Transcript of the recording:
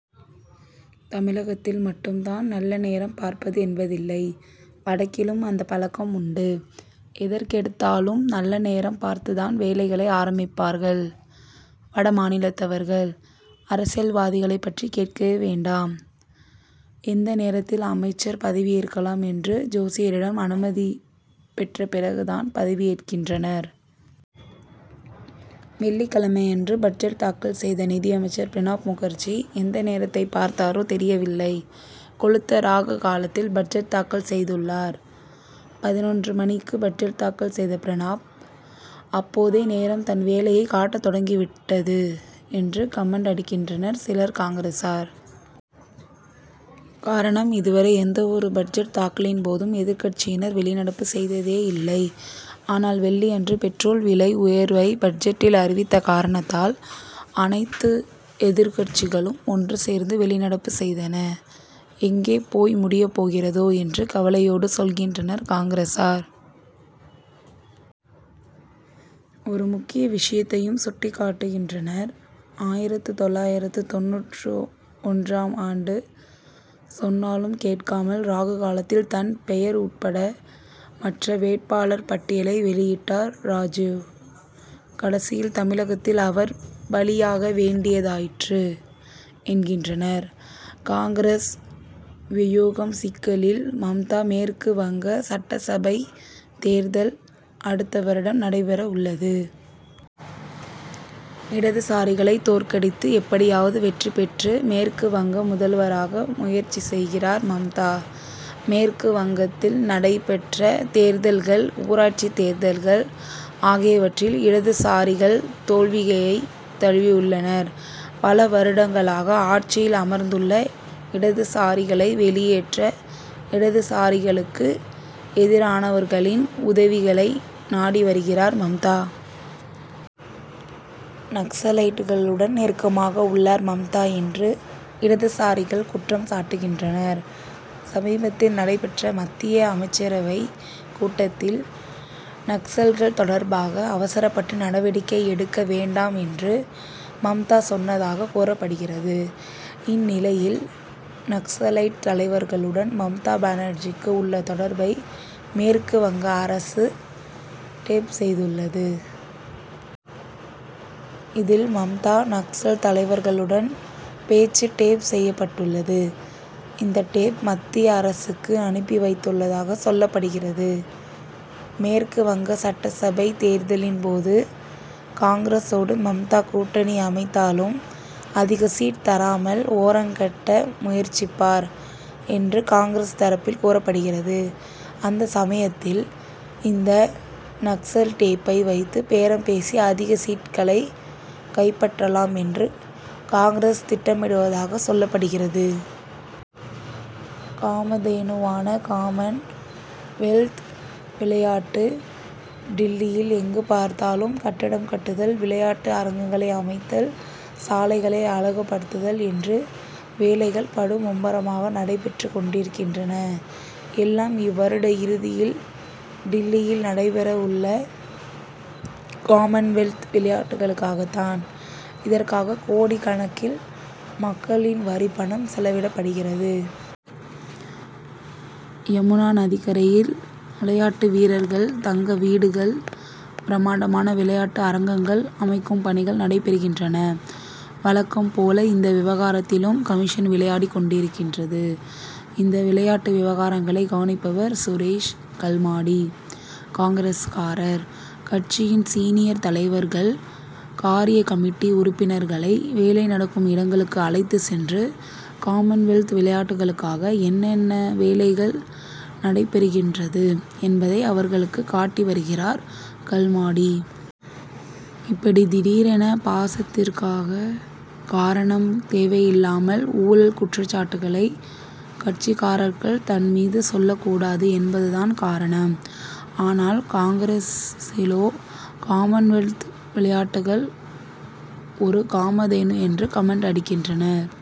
தமிழகத்தில் மட்டும் தான் நல்ல நேரம் பார்ப்பது என்பதில்லை. வடக்கிலும் அந்தப் பழக்கம் உண்டு. எதற்கெடுத்தாலும் நல்ல நேரம் பார்த்து தான் வேலைகளை ஆரம்பிப்பார்கள் வட மாநிலத்தவர்கள். அரசியல்வாதிகளைப் பற்றி கேட்கவே வேண்டாம். எந்த நேரத்தில் அமைச்சர் பதவி ஏற்கலாம் என்று ஜோசியரிடம் அனுமதி பெற்ற பிறகு தான் பதவியேற்கின்றனர். வெள்ளிக்கிழமையன்று பட்ஜெட் தாக்கல் செய்த நிதியமைச்சர் பிரணாப் முகர்ஜி எந்த நேரத்தைப் பார்த்தாரோ தெரியவில்லை. கொழுத்த ராகு காலத்தில் பட்ஜெட் தாக்கல் செய்துள்ளார். பதினொன்று மணிக்கு பட்ஜெட் தாக்கல் செய்தார் பிரணாப். 'அப்போதே நேரம் தன் வேலையைக் காட்டத் தொடங்கிவிட்டது என்று கமென்ட் அடிக்கின்றனர் சில காங்கிரசார். காரணம், இதுவரை எந்த ஒரு பட்ஜெட் தாக்கலின் போதும் எதிர்க்கட்சியினர் வெளிநடப்பு செய்ததே இல்லை. ஆனால், வெள்ளியன்று பெட்ரோல் விலை உயர்வை பட்ஜெட்டில் அறிவித்த காரணத்தால், அனைத்து எதிர்க்கட்சிகளும் ஒன்று சேர்ந்து வெளிநடப்பு செய்தன. எங்கே போய் முடியப் போகிறதோ என்று கவலையோடு சொல்கின்றனர் காங்கிரசார். ஒரு முக்கிய விஷயத்தையும் சுட்டிக் காட்டுகின்றனர். ஆயிரத்து தொள்ளாயிரத்து தொண்ணூற்றொன்றாம் ஆண்டு சொன்னாலும் கேட்காமல் ராகுகாலத்தில் தன் பெயர் உட்பட மற்ற வேட் பாளர் பட்டியலை வெளியிட்டார் ராஜிவ். கடைசியில் தமிழகத்தில் அவர் பலியாக வேண்டியதாயிற்று என்கின்றனர். காங்கிரஸ் வியூகம் சிக்கலில் மம்தா மேற்கு வங்க சட்டசபை தேர்தல் அடுத்த வருடம் நடைபெற உள்ளது. இடதுசாரிகளை தோற்கடித்து எப்படியாவது வெற்றி பெற்று மேற்கு வங்க முதல்வராக முயற்சி செய்கிறார் மம்தா. மேற்கு வங்கத் தில் நடைபெற்ற இடைத்தேர்தல்கள், ஊராட்சி தேர்தல்கள் ஆகியவற்றில் இடதுசாரிகள் தோல்வியைத் தழுவியுள்ளனர். பல வருடங்களாக ஆட்சியில் அமர்ந்துள்ள இடதுசாரிகளை வெளியேற்ற இடதுசாரிகளுக்கு எதிரானவர்களின் உதவிகளை நாடி வருகிறார் மம்தா. நக்சலைட்களுடன் நெருக்கமாக உள்ளார் மம்தா என்று இடதுசாரிகள் குற்றம் சாட்டுகின்றனர். சமீபத்தில் நடைபெற்ற மத்திய அமைச்சரவைக் கூட்டத்தில், நக்சல்கள் தொடர்பாக அவசரப்பட்டு நடவடிக்கை எடுக்க வேண்டாம் என்று மம்தா சொன்னதாகக் கூறப்படுகிறது. இந்நிலையில், நக்சலைட் தலைவர்களுடன் மம்தா பானர்ஜிக்கு உள்ள தொடர்பை மேற்கு வங்க அரசு டேப் செய்துள்ளது. இதில், மம்தா- நக்சல் தலைவர்களுடன் பேசுவது டேப் செய்யப்பட்டுள்ளது. இந்த டேப் மத்திய அரசுக்கு அனுப்பி வைத்துள்ளதாகச் சொல்லப்படுகிறது. மேற்கு வங்க சட்டசபை தேர்தலின் போது காங்கிரசோடு மம்தா கூட்டணி அமைத்தாலும் அதிக சீட் தராமல் ஓரங்கட்ட முயற்சிப்பார் என்று காங்கிரஸ் தரப்பில் கூறப்படுகிறது. அந்த சமயத்தில் இந்த நக்சல் டேப்பை வைத்து பேரம் பேசி அதிக சீட்களை கைப்பற்றலாம் என்று காங்கிரஸ் திட்டமிடுவதாக சொல்லப்படுகிறது. காமதேனுவானகாமன்வெல்த் விளையாட்டு டில்லியில் எங்கு பார்த்தாலும் கட்டடம் கட்டுதல், விளையாட்டு அரங்கங் களை அமைத்தல், சாலைகளை அழகு படுத்துதல் என்று வேலைகள் படு மும்முரமாக நடைபெற்றுக் கொண்டிருக்கின்றன. எல்லாம் இவ்வருட இறுதியில் டில்லியில் நடைபெற உள்ள காமன்வெல்த் விளையாட்டுகளுக்காகத்தான். இதற்காக கோடிக்கணக்கில் மக்களின் வரிப்பணம் செலவிடப்படுகிறது. யமுனா நதிக்கரையில் விளையாட்டு வீரர்கள் தங்க வீடுகள், பிரம்மாண்டமான விளையாட்டு அரங்கங்கள் அமைக்கும் பணிகள் நடைபெறுகின்றன. வழக்கம் போல, இந்த விவகாரத்திலும் கமிஷன் விளையாடிக் கொண்டிருக்கிறது. இந்த விளையாட்டு விவகாரங்களை கவனிப்பவர் சுரேஷ் கல்மாடி, காங்கிரஸ்காரர். கட்சியின் சீனியர் தலைவர்கள் காரியக்கமிட்டி உறுப்பினர் களை வேலை நடக்கும் இடங்களுக்கு அழைத்துச் சென்று காமன்வெல்த் விளையாட்டுகளுக்காக என்னென்ன வேலைகள் நடைபெறுகிறது என்பதை அவர்களுக்கு காட்டி வருகிறார் கல்மாடி. இப்படி திடீரென பாசத்திற்குக் காரணம், தேவையில்லாமல் ஊழல் குற்றச்சாட்டுகளை கட்சிக்காரர்கள் தன் மீது சொல் லக்கூடாது என்பது தான் காரணம். ஆனால், காங்கிரசிலோ, காமன் வெல்த் விளையாட்டுகள், ஒரு காமதேனு என்று கமென்ட் அடிக்கின்றனர்.